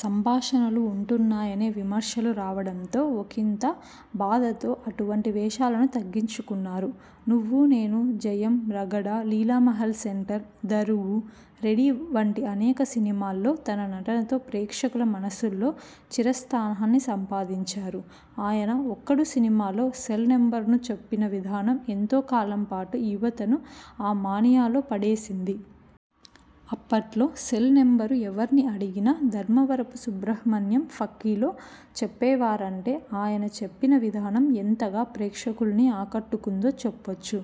సంభాషణలు ఉంటున్నాయనే విమర్శలు రావడంతో ఒకింత బాధతో అటువంటి వేషాలను తగ్గించుకున్నారు. నువ్వునేను, జయం, రగడ, లీలామహల్ సెంటర్, దరువు, రెడీ వంటి అనేక సినిమాల్లో తన నటనతో ప్రేక్షకుల మనసుల్లో చిరస్థానాన్ని సంపాదించారు. ఆయన 'ఒక్కడు' సినిమాలో సెల్ నెంబరును చెప్పిన విధానం ఎంతో కాలంపాటు యువతను ఆ మానియాలో పడేసింది. అప్పట్లో సెల్నెంబరు ఎవర్ని అడిగినా ధర్మవరపు సుబ్రహ్మణ్యం ఫక్కీలో చెప్పేవారంటే ఆయన చెప్పిన విధానం ఎంతగా ప్రేక్షకుల్ని ఆకట్టుకుందో చెప్పొచ్చు.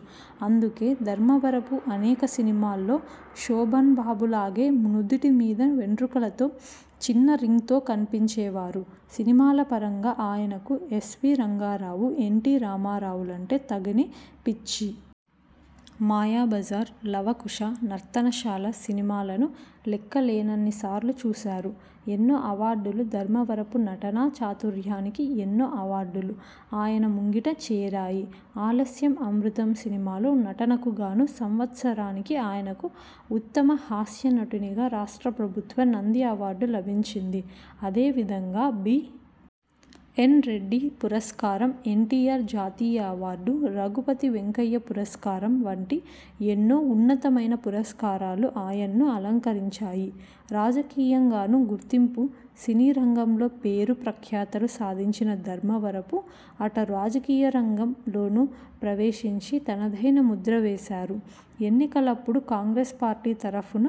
అందుకే ధర్మవరపు అనేక సినిమాల్లో శోభన్బాబులాగే నుదిటి మీద వెంట్రుకలతో చిన్న రింగ్తో కనిపించేవారు. సినిమాల పరంగా ఆయనకు ఎస్. వి. రంగారావు, ఎన్టీ రామారా వులంటే తగని పిచ్చి. మాయాబజార్, లవకుశ, నర్తనశాల సినిమాలను లెక్కలేనన్ని సార్లు చూశారు. ఎన్నో అవార్డులు ధర్మవరపు నటనా చాతుర్యానికి ఎన్నో అవార్డులు ఆయన ముంగిట చేరాయి. 'ఆలస్యం అమృతం' సినిమాలో నటనకు గాను సంవత్సరానికి ఆయనకు ఉత్తమ హాస్య నటునిగా రాష్ట్ర ప్రభుత్వ నంది అవార్డు లభించింది. అదే విధంగా బి. ఎన్. రెడ్డి పురస్కారం, ఎన్టీఆర్ జాతీయ అవార్డు, రఘుపతి వెంకయ్య పురస్కారం వంటి ఎన్నోఉన్నతమైన పురస్కారాలు ఆయన్ను అలంకరించాయి. రాజకీయం గానూ గుర్తింపు సినీ రంగంలో పేరు ప్రఖ్యాతులు సాధించిన ధర్మవరపు అటు రాజకీయ రంగం లోనూ ప్రవేశించి తనదైన ముద్ర వేశారు. ఎన్నికలప్పుడు కాంగ్రెస్ పార్టీ తరఫున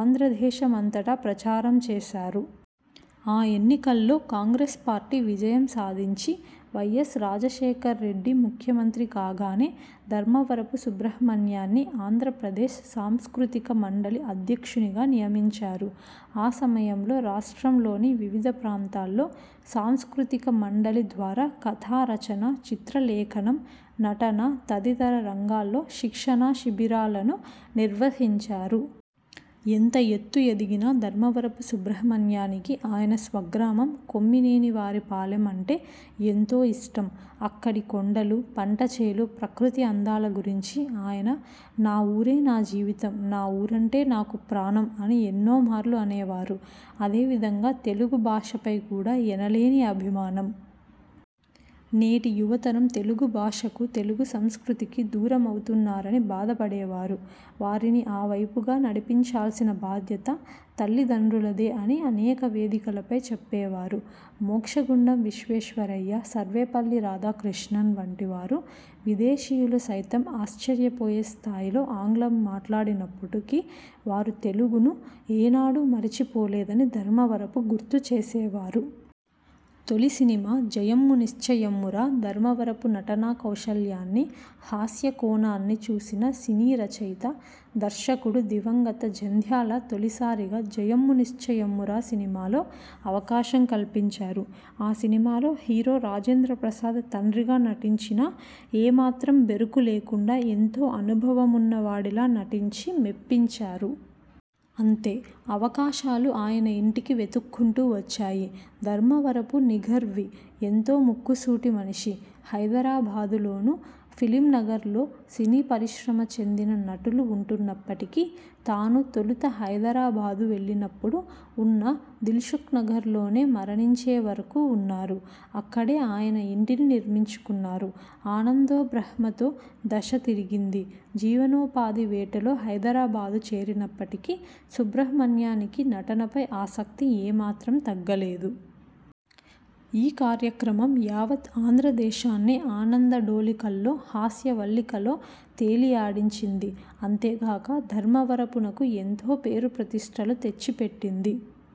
ఆంధ్రదేశ మంతటా ప్రచారం చేశారు. ఆ ఎన్నికల్లో కాంగ్రెస్ పార్టీ విజయం సాధించి వై. యస్. రాజశేఖర రెడ్డి ముఖ్యమంత్రి కాగానే ధర్మవరపు సుబ్రహ్మణ్యాన్ని ఆంధ్ర ప్రదేశ్ సాంస్కృతిక మండలి అధ్యక్షునిగా నియమించారు. ఆ సమయంలో రాష్ట్రం లోని వివిధ ప్రాంతాల్లో సాంస్కృతిక మండలి ద్వారా కథా రచన, చిత్రలేఖనం, నటన తదితర రంగాల్లో శిక్షణా శిబిరాలను నిర్వహించారు. ఎంత ఎత్తు ఎదిగినా ధర్మవరపు సుబ్రహ్మణ్యానికి ఆయన స్వగ్రామం కొమ్మినేని వారి పాలెం అంటే ఎంతో ఇష్టం. అక్కడి కొండలు, పంటచేలు ప్రకృతి అందాల గురించి ఆయన 'నా ఊరే నా జీవితం. నా ఊరంటే నాకు ప్రాణం' అని ఎన్నోమార్లు అనేవారు. అదే విధంగా తెలుగు భాషపై కూడా ఎనిలేని అభిమానం. నేటి యువతరం తెలుగు భాషకు, తెలుగు సంస్కృతికి దూరమవుతున్నారని బాధపడేవారు. వారిని ఆవైపు గా నడిపించాల్సిన బాధ్యత తల్లి దండ్రులదే అని అనేక వేది కలపై చెప్పేవారు. మోక్షగుండం విశ్వే శ్వరయ్య, సర్వేపల్లి రాధాకృష్ణన్ వంటి వారు విదేశీయులు సైతం ఆశ్చర్యపోయే స్థాయిలో ఆంగ్లంలో మాట్లాడినప్పటికీ వారు తెలుగును ఏనాడూ మరిచి పోలేదని ధర్మవరపు గుర్తుచేసేవారు. తొలి సినిమా జయమ్ము నిశ్చయమ్మురా ధర్మవరపు నటనా కౌశల్యాన్ని, హాస్యకోణాన్ని చూసిన సినీ రచయిత, దర్శకుడు దివంగత జంధ్యాల తొలిసారిగా 'జయమ్ము నిశ్చయమ్మురా' సినిమాలో అవకాశం కల్పించారు. ఆ సినిమాలో హీరో రాజేంద్రప్రసాద్ తండ్రిగా నటించినా ఏమాత్రం బెరుకు లేకుండా ఎంతో అనుభవమున్న వాడిలా నటించి మెప్పించారు. అంతే అవకాశాలు ఆయన ఇంటికి వెతుక్కుంటూ వచ్చాయి. ధర్మవరపు నిగర్వి ఎంతో ముక్కుసూటి మనిషి. హైదరాబాదు లోని ఫిల్మ్నగర్లో సినీ పరిశ్రమ చెందిన నటులు ఉంటున్నప్పటికీ తాను తొలుత హైదరాబాదు వెళ్లినపుడు ఉన్న దిల్షుక్నగర్లోనే మరణించే వరకు ఉన్నారు. అక్కడే ఆయన ఇంటిని నిర్మించుకున్నారు. ఆనందో బ్రహ్మతో దశ తిరిగింది జీవనోపాధి వేటలో హైదరాబాదు చేరినప్పటికి సుబ్రహ్మణ్యానికి నటనపై ఆసక్తి ఏ మాత్రం తగ్గలేదు. ఈ కార్యక్రమం యావత్ ఆంధ్రదేశాన్ని ఆనందడోలికల్లో, హాస్యవల్లికలో తేలియాడించింది. అంతేగాక ధర్మవరపునకు ఎంతో పేరు ప్రతిష్ఠలు తెచ్చిపెట్టింది.